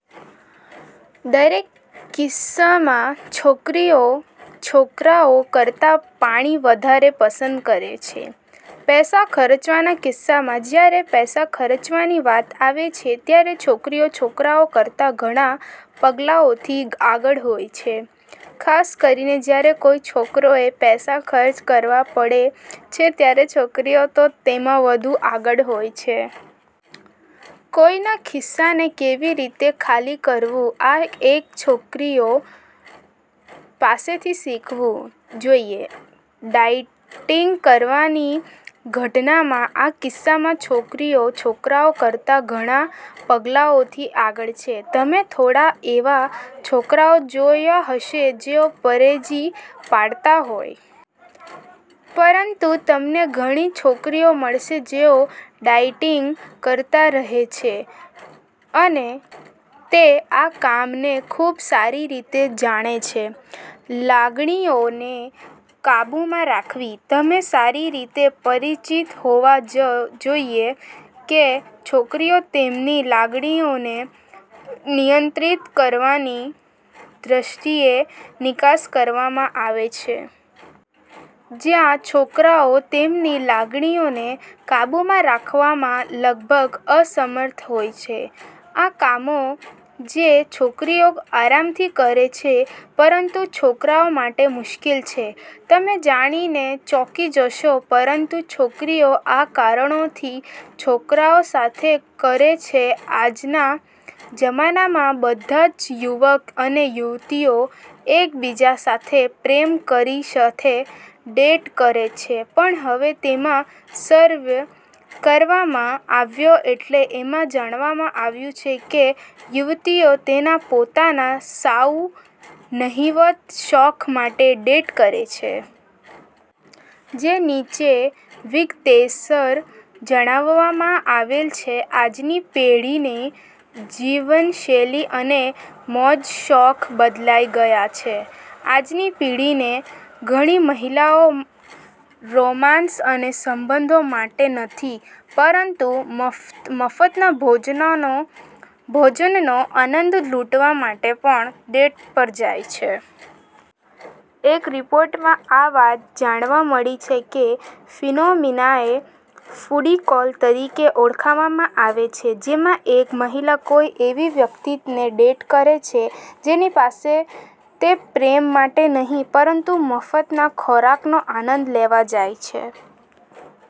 દરેક કિસ્સામાં છોકરીઓ છોકરાઓ કરતા પાણી વધારે પસંદ કરે છે. પૈસા ખર્ચવાના કિસ્સામાં: જ્યારે પૈસા ખર્ચવાની વાત આવે છે, ત્યારે છોકરીઓ છોકરાઓ કરતા ઘણા પગલાઓથી આગળ હોય છે. ખાસ કરીને જ્યારે કોઈ છોકરાએ પૈસા ખર્ચ કરવા પડે છે ત્યારે છોકરીઓ તેમાં વધુ આગળ હોય છે. કોઈના ખિસ્સાને કેવી રીતે ખાલી કરવું, આ એક છોકરીઓ પાસેથી શીખવું જોઈએ. ડાયટિંગ કરવાની ઘટનામાં: આ કિસ્સામાં, છોકરીઓ છોકરાઓ કરતા ઘણા પગલાઓથી આગળ છે. તમે થોડા એવા છોકરાઓ જોયા હશે જેઓ પરેજી પાળતા હોય. પરંતુ તમને ઘણી છોકરીઓ મળશે જેઓ ડાયેટિંગ કરતા રહે છે. અને તે આ કામને ખૂબ સારી રીતે જાણે છે. લાગણીઓને કાબૂમાં રાખવી: તમે સારી રીતે પરિચિત હોવા જ જોઈએ કે છોકરીઓ તેમની લાગણીઓને નિયંત્રિત કરવાની દ્રષ્ટિએ નિકાસ કરવામાં આવે છે. જ્યાં છોકરાઓ તેમની લાગણીઓને કાબૂમાં રાખવામાં લગભગ અસમર્થ હોય છે. "આ કામો જે છોકરીઓ આરામથી કરે છે, પરંતુ છોકરાઓ માટે મુશ્કેલ છે". તમે જાણી ને ચોંકી જશો, પરંતુ છોકરીઓ આ કારણોથી છોકરાઓ સાથે કરે છે આજના જમાનામાં બધા જ યુવક અને યુવતીઓં એક બીજા સાથે પ્રેમ કરી સાથે ડેટ કરે છે, પણ હવે તેમાં સર્વે કરવામાં આવ્યો એટલે એમાં જાણવામાં આવ્યું છે કે યુવતીઓં તેના પોતાના સાઉ નહીવત શોખ માટે ડેટ કરે છે. જે નીચે વિગતેસર જણાવવામાં આવેલ છે. આજની પેઢીની જીવનશૈલી અને મોજશોખ બદલાઇ ગયા છે. આજની પેઢીની ઘણી મહિલાઓ રોમાંસ અને સંબંધો માટે નહીં, પરંતુ મફતના ભોજનનો આનંદ લૂંટવા માટે પણ ડેટ પર જાય છે. એક રિપોર્ટમાં આ વાત જાણવા મળી છે કે, ફિનોમિનાએ ફૂડી કૉલ તરીકે ઓળખવામાં આવે છે. જેમાં એક મહિલા કોઇ એવી વ્યક્તિને ડેટ કરે છે, જેની પાસે તે પ્રેમ માટે નહીં, પરંતુ મફતના ખોરાકનો આનંદ લેવા જાય છે.